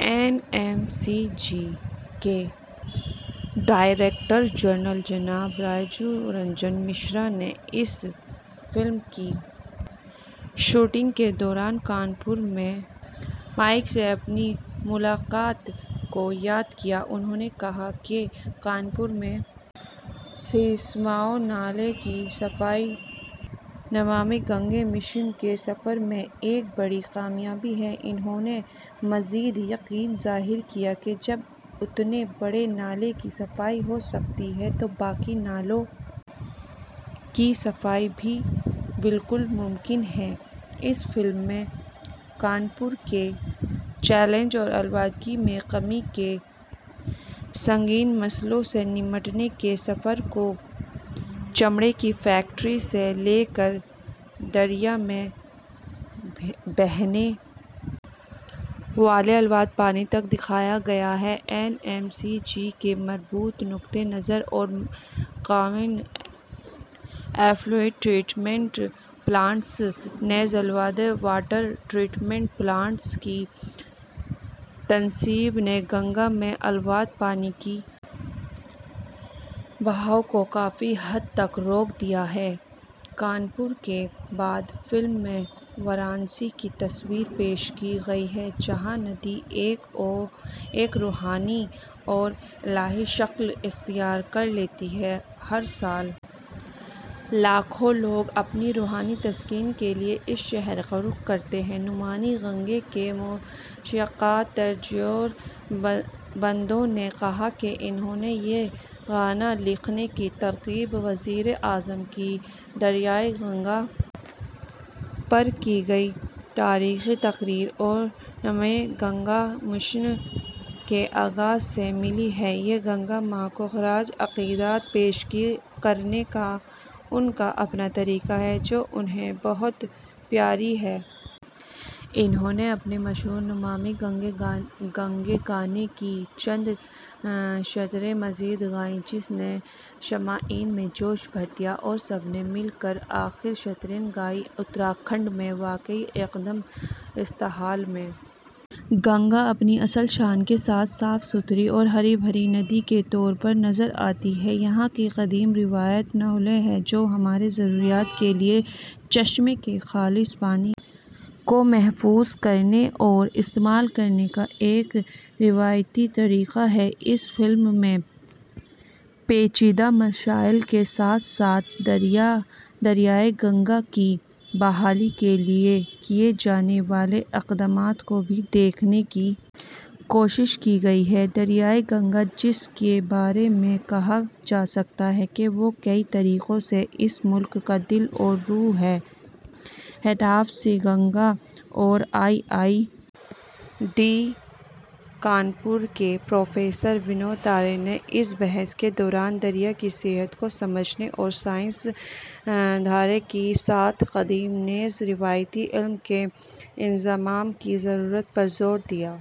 N M C G کے director general جناب راجیو رنجن مشرا نے اس فلم کی شوٹنگ کے دوران کانپور میں مائیک سے اپنی ملاقات کو یاد کیا انہوں نے کہا کہ کانپور میں سیسماؤ نالے کی صفائی نمامی گنگے مشن کے سفر میں ایک بڑی کامیابی ہے انہوں نے مزید یقین ظاہر کیا کہ جب اتنے بڑے نالے کی صفائی ہو سکتی ہے تو باقی نالوں کی صفائی بھی بالکل ممکن ہے اس فلم میں کانپور کے چیلنج اور آلودگی میں کمی کے سنگین مسئلے سے نمٹنے کے سفر کو چمڑے کی فیکٹری سے لے کر دریا میں بہنے والے آلودہ پانی تک دکھایا گیا ہے این ایم سی جی کے مربوط نقطہ نظر اور کامن ایفلوئنٹ ٹریٹمنٹ پلانٹس نیز آلودہ واٹر ٹریٹمنٹ پلانٹس کی تنصیب نے گنگا میں آلودہ پانی کے بہاؤ کو کافی حد تک روک دیا ہے کانپور کے بعد فلم میں وارانسی کی تصویر پیش کی گئی ہے جہاں ندی ایک روحانی اور الہی شکل اختیار کر لیتی ہے ہر سال لاکھوں لوگ اپنی روحانی تسکین کے لیے اس شہر کا رخ کرتے ہیں نمامی گنگے کے موسیقار تریچور بندھو نے کہا کہ انہیں یہ گانا لکھنے کی ترغیب وزیر اعظم کی دریائے گنگا پر کی گئی تاریخی تقریر اور نمامی گنگا مشن کے آغاز سے ملی ہے یہ گنگا ماں کو خراج عقیدت پیش کرنے کا ان کا اپنا طریقہ ہے جو انہیں بہت پیاری ہے انہوں نے اپنے مشہور نمامی گنگے گانے کی چند سطریں مزید گائیں جس نے سامعین میں جوش بھر دیا اور سب نے مل کر آخری سطریں گائیں اتراکھنڈ میں واقع ادگم استھل میں گنگا اپنی اصل شان کے ساتھ صاف ستھری اور ہری بھری ندی کے طور پر نظر آتی ہے یہاں کی قدیم روایت نولہ ہے جو ہماری ضروریات کے لیے چشمے کے خالص پانی کو محفوظ کرنے اور استعمال کرنے کا ایک روایتی طریقہ ہے اس فلم میں پیچیدہ مسائل کے ساتھ ساتھ دریائے گنگا کی بحالی کے لیے کیے جانے والے اقدامات کو بھی دکھانے کی کوشش کی گئی ہے دریائے گنگا جس کے بارے میں کہا جا سکتا ہے کہ وہ کئی طریقوں سے اس ملک کا دل اور روح ہے ہیڈ آف سی گنگا اور آئی آئی ٹی کانپور کے پروفیسر ونود تارے نے اس بحث کے دوران دریا کی صحت کو سمجھنے اور سائنسی دھارے کے ساتھ قدیم نیز روایتی علم کے انضمام کی ضرورت پر زور دیا